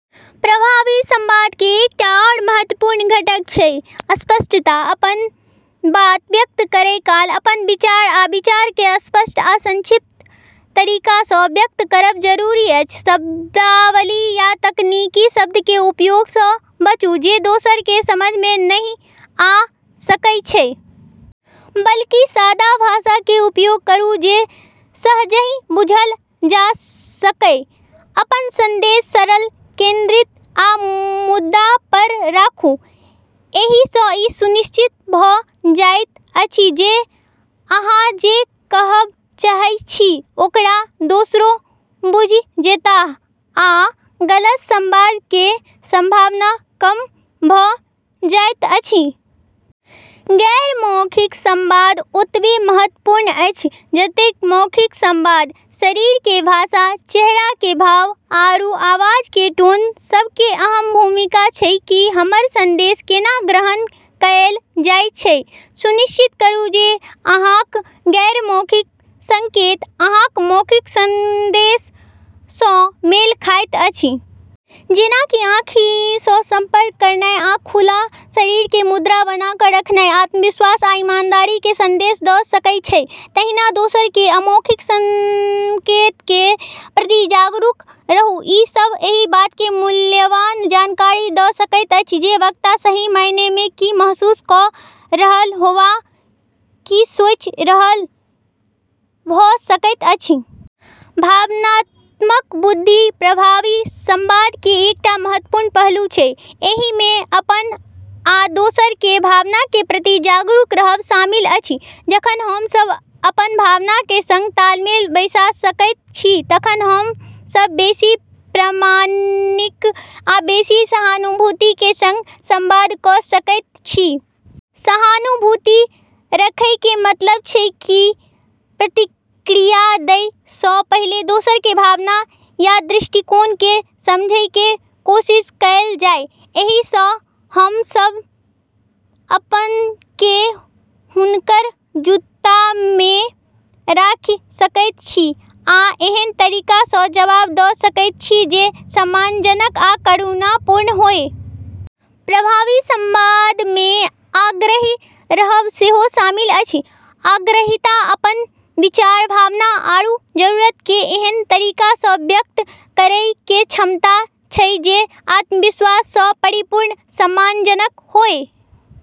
प्रभावी संवाद के एकटा आओर महत्वपूर्ण घटक छै स्पष्टता। अपन बात व्यक्त करै काल अपन विचार आ विचार के स्पष्ट आ संक्षिप्त तरीका सँ व्यक्त करब जरूरी अछि। शब्दावली या तकनीकी शब्द के उपयोग सँ बचूँ जे दोसर के समझ में नहि आ सकय छै। बल्कि सादा भाषा के प्रयोग करू जे सहजहि बुझल जा सकय। अपन संदेश सरल, केंद्रित आ मुद्दा पर राखू। एहि सँ ई सुनिश्चित भऽ जाइत अछि जे अहाँ जे कहब चाहै छी ओकरा दोसरो बुझि जेताह आ गलत संवाद के संभावना कम भऽ जाइत अछि। गैर-मौखिक संवाद ओतबे महत्वपूर्ण अछि जतेक मौखिक संवाद। शरीर के भाषा, चेहरा के भाव, आरू आवाज के टोन सब के अहम भूमिका छै कि हमर संदेश केना ग्रहण कएल जाय छै। सुनिश्चित करू जे अहाँक गैर-मौखिक संकेत अहाँक मौखिक संदेश सँ मेल खाइत अछि। जेना कि आँखि सँ संपर्क करनाय आ खुला शरीर के मुद्रा बना कऽ रखनाय आत्मविश्वास आ ईमानदारी के संदेश दऽ सकय छै। तहिना दोसर के अमौखिक संकेत के प्रति जागरूक रहू, ई सभ एहि बात के मूल्यवान जानकारी द' सकैत अछि जे वक्ता सही मायने में की महसूस क' रहल हो वा की सोचि रहल भ' सकैत अछि। भावनात्मक बुद्धि प्रभावी संवाद के एकटा महत्वपूर्ण पहलू छै। एहि में अपन आ दोसर के भावना के प्रति जागरूक रहब शामिल अछि। जखन हम सब अपन भावना के संग तालमेल बैसा सकैत छी तखन हम सब बेसी प्रामाणिक आ बेसी सहानुभूति के संग संवाद क' सकैत छी। सहानुभूति रखै के मतलब छै कि प्रतिक्रिया दै सँ पहिले दोसर के भावना या दृष्टिकोण के समझै के कोशिश कएल जाय। एहि सँ हम सब अपन केँ हुनकर जूता में राखि सकैत छी आ एहन तरीका सँ जवाब द' सकैत छी जे सम्मानजनक आ करुणापूर्ण होय। प्रभावी संवाद में आग्रही रहब सेहो शामिल अछि। आग्रहीता अपन विचार, भावना आरू जरूरत के एहन तरीका सँ व्यक्त करै के क्षमता छै जे आत्मविश्वास सँ परिपूर्ण, सम्मानजनक होय।